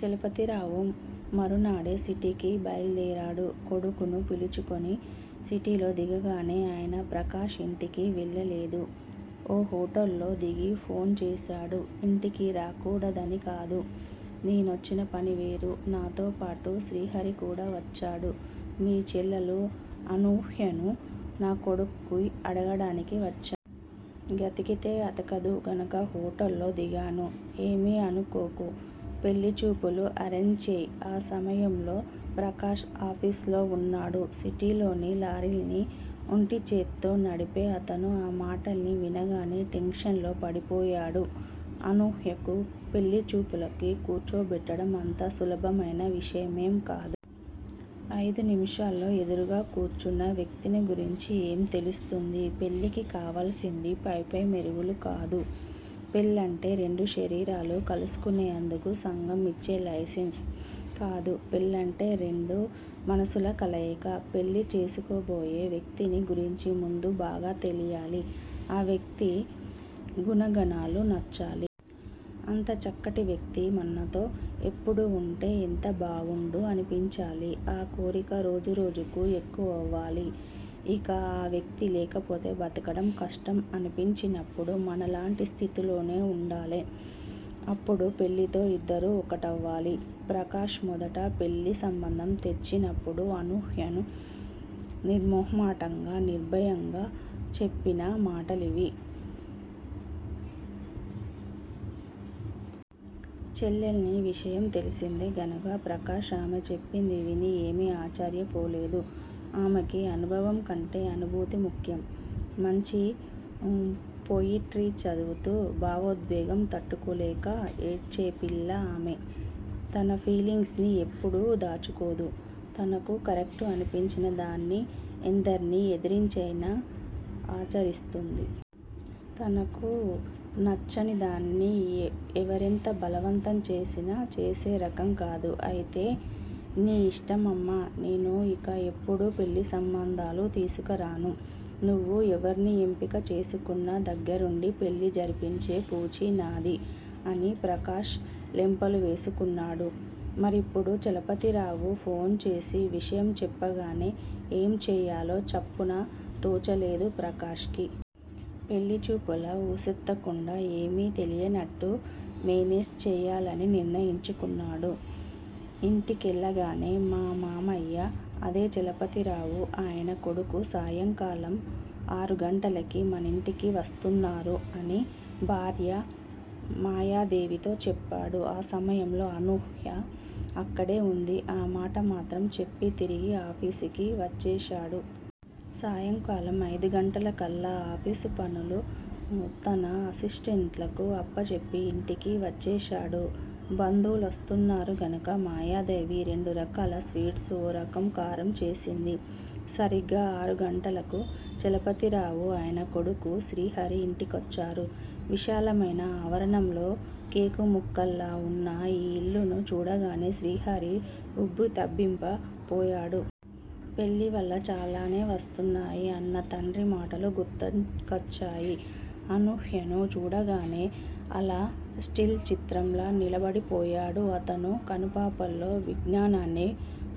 చలపతిరావు మరునాడే సిటీకి బయల్దేరాడు కొడుకుని పిలుచుకుని. సిటీలో దిగగానే ఆయన ప్రకాష్ ఇంటికి వెళ్ళలేదు. ఓ హోటల్ లో దిగి ఫోన్ చేశాడు. ఇంటికి రాకూడదని కాదు. నేనొచ్చిన పని వేరు. నాతో పాటు శ్రీహరి కూడా వచ్చాడు. మీ చెల్లెలు అనూహ్యను నా కొడుక్కి అడగడానికి వచ్చా. గతికితే అతకదు గనుక హోటల్ లో దిగాను. ఏమీ అనుకోకు. పెళ్ళి చూపులు ఆరెంజ్ చెయ్. ఆ సమయంలో ప్రకాష్ ఆఫీసులో వున్నాడు. సిటీ లోని లారీలన్ని ఒంటిచేత్తో నడిపే అతను ఆ మాటల్ని వినగానే టెన్షన్ లో పడిపోయాడు. అనూహ్యను పెళ్ళి చూపులకి కూర్చోబెట్టడం అంత సులభమైన విషయమేం కాద. అయిదు నిముషాల్లో ఎదురుగ్గా కూర్చున్న వ్యక్తిని గురించి ఏం తెలుస్తుంది? పెళ్ళికి కావలసింది పైపై మెరుగులు కాదు. పెళ్ళంటే రెండు శరీరాలు కలుసుకునేందుకు సంఘం ఇచ్చే లైసెన్స్ కాదు. పెళ్ళంటే రెండు మనసుల కలయిక. పెళ్ళి చేసుకోబోయే వ్యక్తిని గురించి ముందు బాగా తెలియాలి. ఆ వ్యక్తి గుణగణాలు నచ్చాలి. అంత చక్కటి వ్యక్తి మనతో ఎప్పుడూ ఉంటే ఎంత బావుండు అనిపించాలి. ఆ కోరిక రోజు రోజుకీ ఎక్కువవ్వాలి. ఇక ఆ వ్యక్తి లేకపోతే బతకడం కష్టం అనిపించినప్పుడు మనలాంటి స్థితిలోనే వుండాలి. అప్పుడు పెళ్ళితో ఇద్దరూ ఒక్కటవ్వాలి. ప్రకాష్ మొదట పెళ్ళి సంబంధం తెచ్చినప్పుడు అనూహ్య నిర్మొహమాటంగా, నిర్భయంగా చెప్పిన మాటలివి. చెల్లెలి విషయం తెలిసిందే గనుక ప్రకాష్ ఆమె చెప్పింది విని ఏమీ ఆశ్చర్యపోలేదు. ఆమెకి అనుభవం కంటే అనుభూతి ముఖ్యం. మంచి పొయిట్రీ చదువుతూ భావోద్వేగం తట్టుకోలేక ఏడ్చే పిల్ల ఆమె. తన ఫీలింగ్స్ ని ఎప్పుడూ దాచుకోదు. తనకు కరెక్టు అనిపించిన దాన్ని ఎందర్ని ఎదిరించైనా ఆచరిస్తుంది. తనకు నచ్చని దాన్ని ఎ ఎవరెంత బలవంతం చేసినా చేసే రకం కాదు. అయితే నీ ఇష్టమమ్మా. నేను ఇక ఎప్పుడూ పెళ్ళిసంబంధాలు తీసుకురాను. నువ్వు ఎవర్ని ఎంపిక చేసుకున్నా దగ్గరుండి పెళ్ళి జరిపించే పూచీ నాది అని ప్రకాష్ లెంపలు వేసుకున్నాడు. మరిప్పుడు చలపతిరావు ఫోన్ చేసి విషయం చెప్పగానే ఏం చేయాలో చప్పున తోచలేదు ప్రకాష్ కి. పెళ్ళిచూపుల వూసెత్తకుండా ఏమీ తెలియనట్టు మేనేజ్ చేయాలని నిర్ణయించుకున్నాడు. ఇంటికెళ్ళగానే మా మావయ్య, అదే చలపతిరావు, ఆయన కొడుకు సాయంకాలం ఆరు గంటలకి మనింటికి వస్తున్నారు అని భార్య మాయాదేవితో చెప్పాడు. ఆ సమయంలో అనూహ్య అక్కడే వుంది. ఆ మాట మాత్రం చెప్పి తిరిగి ఆఫీసుకి వచ్చేశాడు. సాయంకాలం అయిదుగంటలకల్లా ఆఫీసు పనులు తన అసిస్టెంట్లకు అప్పజెప్పి ఇంటికి వచ్చేశాడు. బంధువులొస్తున్నారు గనుక మాయాదేవి రెండు రకాల స్వీట్సు, ఓ రకం కారం చేసింది. సరిగ్గా ఆరు గంటలకు చలపతిరావు, ఆయన కొడుకు శ్రీహరి ఇంటికొచ్చారు. విశాలమైన ఆవరణలో కేకు ముక్కలా వున్న ఆ ఇల్లుని చూడగానే శ్రీహరి ఉబ్బితబ్బింప పోయాడు. పెళ్ళివల్ల చాలానే వస్తున్నాయి అన్న తండ్రి మాటలు గుర్తొంకచ్చాయి. అనూహ్యను చూడగానే అలా స్టిల్ చిత్రంలా నిలబడిపోయాడు అతను. కనుపాపల్లో విజ్ఞానాన్ని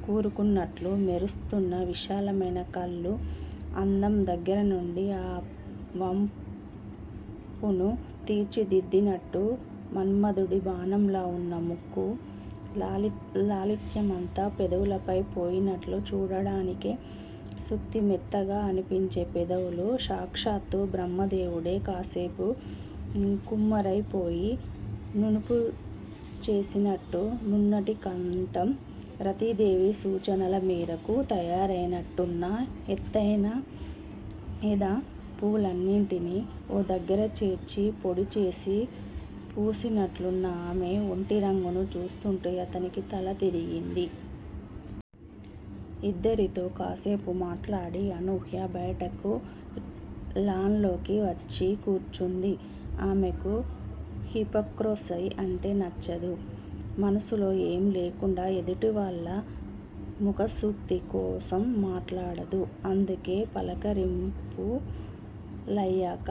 కూరుకున్నట్టు మెరుస్తున్న విశాలమైన కళ్ళు, అందం దగ్గర నుండి ఆ వంపుని తీర్చిదిద్దినట్టు మన్మధుని బాణంలా వున్న ముక్కు, లాలి లాలిత్యమంతా పెదవులై పోయినట్టు చూడడానికే సుతిమెత్తగా అనిపించే పెదవులు, సాక్షాత్తూ బ్రహ్మదేవుడే కాసేపు కుమ్మరైపోయి నునుపు చేసినట్టు నున్నటి కంఠం, రతీ దేవి సూచనల మేరకు తయారైనట్టున్న ఎత్తయిన ఎద, పూలన్నిటినీ ఓ దగ్గర చేర్చి, పొడి చేసి పూసినట్టున్న ఆమె ఒంటి రంగును చూస్తుంటే అతనికి తల తిరిగింది. ఇద్దరితోనూ కాసేపు మాట్లాడి అనూహ్య బయటకు లాన్ లోకి వచ్చి కూర్చుంది. ఆమెకు హిపోక్రసీ అంటే నచ్చదు. మనసులో ఏం లేకుండా ఎదుటివాళ్ళ ముఖస్తుతి కోసం మాట్లాడదు. అందుకే పలకరింపులయ్యాక